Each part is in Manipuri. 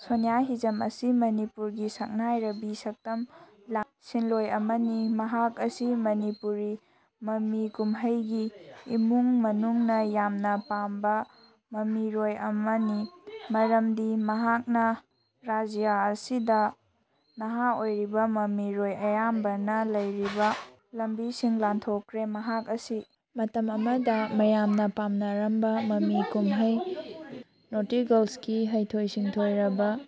ꯁꯣꯅꯤꯌꯥ ꯍꯤꯖꯝ ꯑꯁꯤ ꯃꯅꯤꯄꯨꯔꯒꯤ ꯁꯛꯅꯥꯢꯔꯕꯤ ꯁꯛꯇꯝ ꯂꯥꯡꯕꯤ ꯁꯤꯟꯂꯣꯢ ꯑꯃꯅꯤ꯫ ꯃꯍꯥꯛ ꯑꯁꯤ ꯃꯅꯤꯄꯨꯔꯤ ꯃꯃꯤ ꯀꯨꯝꯍꯩꯒꯤ ꯏꯃꯨꯡ ꯃꯅꯨꯡꯅ ꯌꯥꯝꯅ ꯄꯥꯝꯕ ꯃꯃꯤꯔꯣꯏ ꯑꯃꯅꯤ ꯃꯔꯝꯗꯤ ꯃꯍꯥꯛꯅ ꯔꯥꯖ꯭ꯌ ꯑꯁꯤꯗ ꯅꯍꯥ ꯑꯣꯏꯔꯤꯕ ꯃꯃꯤꯔꯣꯏ ꯑꯌꯥꯝꯕꯅ ꯂꯩꯔꯤꯕ ꯂꯝꯕꯤꯁꯤꯡ ꯂꯥꯟꯊꯣꯛꯈ꯭ꯔꯦ꯫ ꯃꯍꯥꯛ ꯑꯁꯤ ꯃꯇꯝ ꯑꯃꯗ ꯃꯌꯥꯝꯅ ꯄꯥꯝꯅꯔꯝꯕ ꯃꯃꯤ ꯀꯨꯝꯍꯩ "ꯅꯣꯇꯤ ꯒꯔꯜ꯭ꯁ"ꯒꯤ ꯍꯩꯊꯣꯏ ꯁꯤꯡꯊꯣꯏꯔꯕ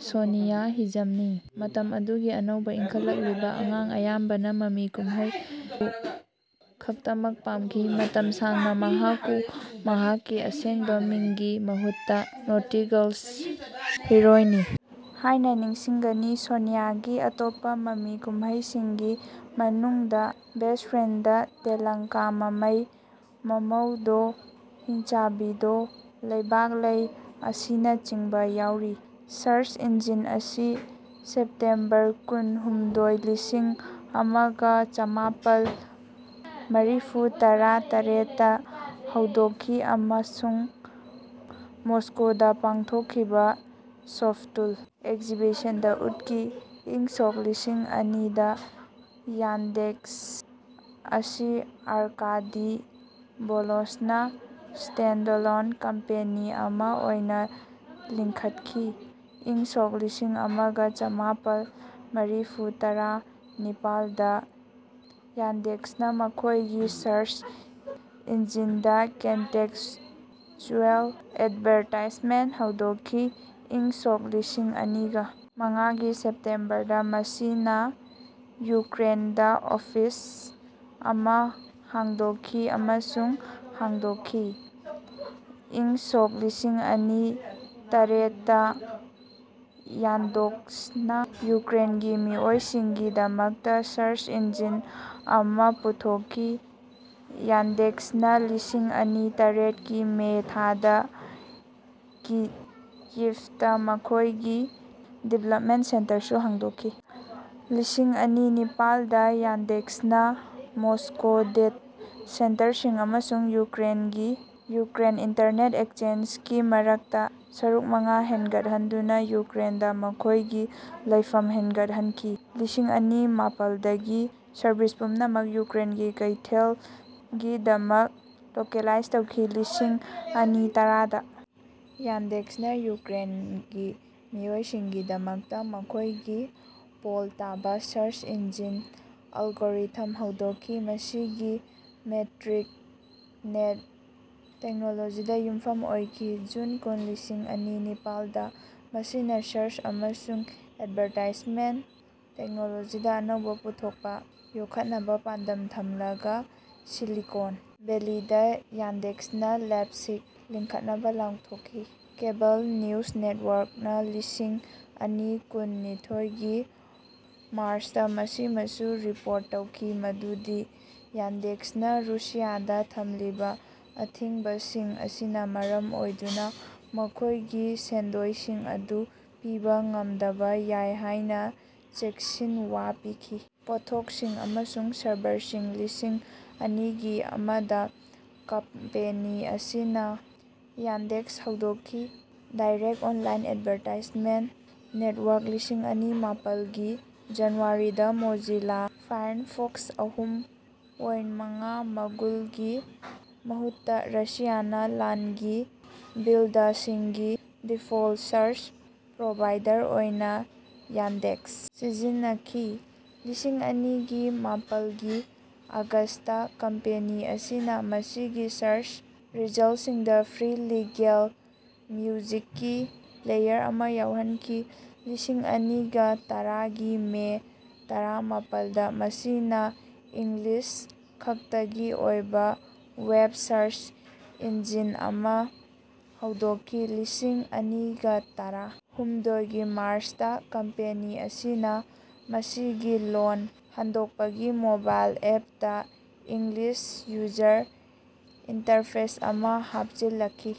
ꯁꯣꯅꯤꯌꯥ ꯍꯤꯖꯝꯅꯤ꯫ ꯃꯇꯝ ꯑꯗꯨꯒꯤ ꯑꯅꯧꯕ ꯏꯟꯈꯠꯂꯛꯂꯤꯕ ꯑꯉꯥꯡ ꯑꯌꯥꯝꯕꯅ ꯃꯃꯤ ꯀꯨꯝꯍꯩ ꯑꯗꯨ ꯈꯛꯇꯃꯛ ꯄꯥꯝꯈꯤ꯫ ꯃꯇꯝ ꯁꯥꯡꯅ ꯃꯍꯥꯛꯄꯨ ꯃꯍꯥꯛꯀꯤ ꯑꯁꯦꯡꯕ ꯃꯤꯡꯒꯤ ꯃꯍꯨꯠꯇ "ꯅꯣꯇꯤ ꯒꯔꯜꯁ ꯍꯤꯔꯣꯏꯅꯤ" ꯍꯥꯏꯅ ꯅꯤꯡꯁꯤꯡꯒꯅꯤ꯫ ꯁꯣꯅꯤꯌꯥꯒꯤ ꯑꯇꯣꯞꯄ ꯃꯃꯤ ꯀꯨꯝꯍꯩꯁꯤꯡꯒꯤ ꯃꯅꯨꯡꯗ ꯕꯦꯁ꯭ꯠ ꯐ꯭ꯔꯦꯟꯗ, ꯇꯦꯂꯪꯀꯥ ꯃꯃꯩ, ꯃꯃꯧꯗꯣ ꯍꯤꯟꯆꯥꯕꯤꯗꯣ, ꯂꯩꯕꯥꯛꯂꯩ ꯑꯁꯤꯅꯆꯤꯡꯕ ꯌꯥꯎꯔꯤ꯫ ꯁꯔꯆ ꯏꯟꯖꯤꯟ ꯑꯁꯤ ꯁꯦꯞꯇꯦꯝꯕꯔ ꯀꯨꯟ - ꯍꯨꯝꯗꯣꯏ, ꯂꯤꯁꯤꯡ ꯑꯃꯒ ꯆꯃꯥꯄꯜ ꯃꯔꯤꯐꯨꯇꯔꯥ ꯇꯔꯦꯠꯇ ꯍꯧꯗꯣꯛꯈꯤ, ꯑꯃꯁꯨꯡ ꯃꯣꯁꯀꯣꯗ ꯄꯥꯡꯊꯣꯛꯈꯤꯕ ꯁꯣꯐꯇꯨꯜ ꯑꯦꯛꯖꯤꯕꯤꯁꯟꯗ ꯎꯠꯈꯤ꯫ ꯏꯪ ꯁꯣꯛ ꯂꯤꯁꯤꯡ ꯑꯅꯤꯗ ꯌꯥꯟꯗꯦꯛꯁ ꯑꯁꯤ ꯑꯔꯀꯥꯗꯤ ꯚꯣꯂꯣꯖꯅ ꯁ꯭ꯇꯦꯟꯗꯂꯣꯟ ꯀꯝꯄꯦꯅꯤ ꯑꯃ ꯑꯣꯏꯅ ꯂꯤꯡꯈꯠꯈꯤ꯫ ꯏꯪ ꯁꯣꯛ ꯂꯤꯁꯤꯡ ꯑꯃꯒ ꯆꯃꯥꯄꯜ ꯃꯔꯤꯐꯨꯇꯔꯥ ꯅꯤꯄꯥꯜꯗ ꯌꯥꯟꯗꯦꯛꯁꯅ ꯃꯈꯣꯏꯒꯤ ꯁꯔꯆ ꯏꯟꯖꯤꯟꯗ ꯀꯟꯇꯦꯛꯁꯆꯨꯑꯦꯜ ꯑꯦꯗꯚꯔꯇꯥꯏꯖꯃꯦꯟꯠ ꯍꯧꯗꯣꯛꯈꯤ꯫ ꯏꯪ ꯁꯣꯛ ꯂꯤꯁꯤꯡ ꯑꯅꯤꯒ ꯃꯉꯥꯒꯤ ꯁꯦꯞꯇꯦꯝꯕꯔꯗ ꯃꯁꯤꯅ ꯌꯨꯀ꯭ꯔꯦꯟꯗ ꯑꯣꯐꯤꯁ ꯑꯃ ꯍꯥꯡꯗꯣꯛꯈꯤ ꯑꯃꯁꯨꯡ ꯍꯧꯗꯣꯛꯈꯤ꯫ ꯏꯪ ꯁꯣꯛ ꯂꯤꯁꯤꯡ ꯑꯅꯤ ꯇꯔꯦꯠꯇ ꯌꯥꯟꯗꯦꯛꯁꯅ ꯌꯨꯀ꯭ꯔꯦꯟꯒꯤ ꯃꯤꯑꯣꯏꯁꯤꯡꯒꯤ ꯗꯃꯛꯇ ꯁꯔꯆ ꯏꯟꯖꯤꯟ ꯑꯃ ꯄꯨꯊꯣꯛꯈꯤ꯫ ꯌꯥꯟꯗꯦꯛꯁꯅ ꯂꯤꯁꯤꯡ ꯑꯅꯤ ꯇꯔꯦꯠꯀꯤ ꯃꯦ ꯊꯥꯗ ꯀꯤꯌꯤꯚꯇ ꯃꯈꯣꯏꯒꯤ ꯗꯤꯕ꯭ꯂꯞꯃꯦꯟꯠ ꯁꯦꯟꯇꯔꯁꯨ ꯍꯥꯡꯗꯣꯛꯈꯤ꯫ ꯂꯤꯁꯤꯡ ꯑꯅꯤ ꯅꯤꯄꯥꯜꯗ ꯌꯥꯟꯗꯦꯛꯁꯅ ꯃꯁ꯭ꯀꯣ ꯗꯦꯇꯥ ꯁꯦꯟꯇꯔꯁꯤꯡ ꯑꯃꯁꯨꯡ ꯌꯨꯀ꯭ꯔꯦꯟꯒꯤ ꯌꯨꯀ꯭ꯔꯦꯟ ꯏꯟꯇꯔꯅꯦꯠ ꯑꯦꯛꯆꯦꯟꯖ ꯀꯤ ꯃꯔꯛꯇ ꯁꯔꯨꯛ ꯃꯉꯥ ꯍꯦꯟꯒꯠꯍꯟꯗꯨꯅ ꯌꯨꯀ꯭ꯔꯦꯟꯗ ꯃꯈꯣꯏꯒꯤ ꯂꯩꯐꯝ ꯍꯦꯟꯒꯠꯍꯟꯈꯤ꯫ ꯂꯤꯁꯤꯡ ꯑꯅꯤ ꯃꯥꯄꯜꯗꯒꯤ ꯁꯔꯚꯤꯁ ꯄꯨꯝꯅꯃꯛ ꯌꯨꯀ꯭ꯔꯦꯟꯒꯤ ꯀꯩꯊꯦꯜꯒꯤꯗꯃꯛ ꯂꯣꯀꯦꯂꯥꯏꯖ ꯇꯧꯈꯤ꯫ ꯂꯤꯁꯤꯡ ꯑꯅꯤ ꯇꯔꯥꯗ ꯌꯥꯟꯗꯦꯛꯁꯅ ꯌꯨꯀ꯭ꯔꯦꯟꯒꯤ ꯃꯤꯑꯣꯏꯁꯤꯡꯒꯤꯗꯃꯛꯇ ꯃꯈꯣꯏꯒꯤ " ꯄꯣꯜꯇꯥꯚꯥ " ꯁꯔꯆ ꯏꯟꯖꯤꯟ ꯑꯦꯜꯒꯣꯔꯤꯊꯝ ꯍꯧꯗꯣꯛꯈꯤ꯫ ꯃꯁꯤꯒꯤ ꯃꯦꯇ꯭ꯔꯤꯛ ꯅꯦꯠ ꯇꯦꯛꯅꯣꯂꯣꯖꯤꯗ ꯌꯨꯝꯐꯝ ꯑꯣꯏꯈꯤ꯫ ꯖꯨꯟ ꯀꯨꯟ, ꯂꯤꯁꯤꯡ ꯑꯅꯤ ꯅꯤꯄꯥꯥꯜꯗ ꯃꯁꯤꯅ "ꯁꯔꯆ ꯑꯃꯁꯨꯡ ꯑꯦꯗꯚꯔꯇꯥꯏꯖꯃꯦꯟꯠ ꯇꯦꯛꯅꯣꯂꯣꯖꯤꯗ ꯑꯅꯧꯕ ꯄꯨꯊꯣꯛꯄ" ꯌꯣꯛꯈꯠꯅꯕ ꯄꯥꯟꯗꯝ ꯊꯝꯂꯒ ꯁꯤꯂꯤꯀꯣꯟ ꯚꯦꯂꯤꯗ ꯌꯥꯟꯗꯦꯛꯁ ꯂꯦꯕꯁꯤꯡ ꯂꯤꯡꯈꯠꯅꯕ ꯂꯥꯎꯊꯣꯛꯈꯤ꯫ ꯀꯦꯕꯜ ꯅ꯭ꯌꯨꯁ ꯅꯦꯠꯋ꯭ꯔꯛꯅ ꯂꯤꯁꯤꯡ ꯑꯅꯤ ꯀꯨꯟ ꯅꯤꯊꯣꯢꯒꯤ ꯃꯥꯔꯆꯇ ꯃꯁꯤꯃꯁꯨ ꯔꯤꯄꯣꯔꯠ ꯇꯧꯈꯤ ꯃꯗꯨꯗꯤ ꯌꯥꯟꯗꯦꯛꯁꯅ ꯔꯨꯁꯤꯌꯥꯗ ꯊꯝꯂꯤꯕ ꯑꯊꯤꯡꯕꯁꯤꯡ ꯑꯁꯤꯅ ꯃꯔꯝ ꯑꯣꯏꯗꯨꯅ ꯃꯈꯣꯏꯒꯤ ꯁꯦꯟꯗꯣꯏꯁꯤꯡ ꯑꯗꯨ ꯄꯤꯕ ꯉꯝꯗꯕ ꯌꯥꯏ ꯍꯥꯏꯅ ꯆꯦꯛꯁꯤꯟꯋꯥ ꯄꯤꯈꯤ꯫ ꯄꯣꯠꯊꯣꯛꯁꯤꯡ ꯑꯃꯁꯨꯡ ꯁꯔꯕꯤꯁꯁꯤꯡ ꯂꯤꯁꯤꯡ ꯑꯅꯤꯒ ꯑꯃꯗ ꯀꯝꯄꯦꯅꯤ ꯑꯁꯤꯅ ꯌꯥꯟꯗꯦꯛꯁ ꯍꯧꯗꯣꯛꯈꯤ꯫ ꯗꯥꯏꯔꯦꯛꯠ ꯑꯣꯟꯂꯥꯏꯟ ꯑꯦꯗꯚꯔꯇꯥꯏꯖꯃꯦꯟꯠ ꯅꯦꯠꯋ꯭ꯔꯛ ꯂꯤꯁꯤꯡ ꯑꯅꯤ ꯃꯥꯄꯜꯒꯤ ꯖꯅꯨꯋꯥꯔꯤꯗ ꯃꯣꯖꯤꯂꯥ ꯐꯥꯏꯔꯐꯣꯛꯁ ꯑꯍꯨꯝ ꯄꯣꯏꯟꯠ ꯃꯉꯥ, ꯒꯨꯒꯜꯒꯤ ꯃꯍꯨꯠꯇ ꯔꯁꯤꯌꯥꯟ ꯂꯣꯟꯒꯤ ꯕꯤꯜꯗꯁꯤꯡꯒꯤ ꯗꯤꯐꯣꯜꯠ ꯁꯔꯆ ꯄ꯭ꯔꯣꯚꯥꯏꯗꯔ ꯑꯣꯏꯅ ꯌꯥꯟꯗꯦꯛꯁ ꯁꯤꯖꯤꯟꯅꯈꯤ꯫ ꯂꯤꯁꯤꯡ ꯑꯅꯤꯒ ꯃꯥꯄꯜꯒꯤ ꯑꯒꯁꯇ ꯀꯝꯄꯦꯅꯤ ꯑꯁꯤꯅ ꯃꯁꯤꯒꯤ ꯁꯔꯆ ꯔꯤꯖꯜꯠꯁꯤꯡꯗ ꯐ꯭ꯔꯤ ꯂꯤꯒꯦꯜ ꯃ꯭ꯌꯨꯖꯤꯛꯀꯤ ꯄ꯭ꯂꯦꯌꯔ ꯑꯃ ꯌꯥꯎꯍꯟꯈꯤ꯫ ꯂꯤꯁꯤꯡ ꯑꯅꯤꯒ ꯇꯔꯥꯒꯤ ꯃꯦ ꯇꯔꯥꯃꯥꯄꯜꯗ ꯃꯁꯤꯅ ꯏꯪꯂꯤꯁ ꯈꯛꯇꯒꯤ ꯑꯣꯏꯕ ꯋꯦꯕ ꯁꯔꯆ ꯏꯟꯖꯤꯟ ꯑꯃ ꯍꯧꯗꯣꯛꯈꯤ꯫ ꯂꯤꯁꯤꯡ ꯑꯅꯤꯒ ꯇꯔꯥ ꯍꯨꯝꯗꯣꯏꯒꯤ ꯃꯥꯔꯆꯇ ꯀꯝꯄꯦꯅꯤ ꯑꯁꯤꯅ ꯃꯁꯤꯒꯤ ꯂꯣꯟ ꯍꯟꯗꯣꯛꯄꯒꯤ ꯃꯣꯕꯥꯏꯜ ꯑꯦꯞꯇ ꯏꯪꯂꯤꯁ ꯌꯨꯖꯔ ꯏꯟꯇꯔꯐꯦꯁ ꯑꯃ ꯍꯥꯞꯆꯤꯜꯂꯛꯈꯤ꯫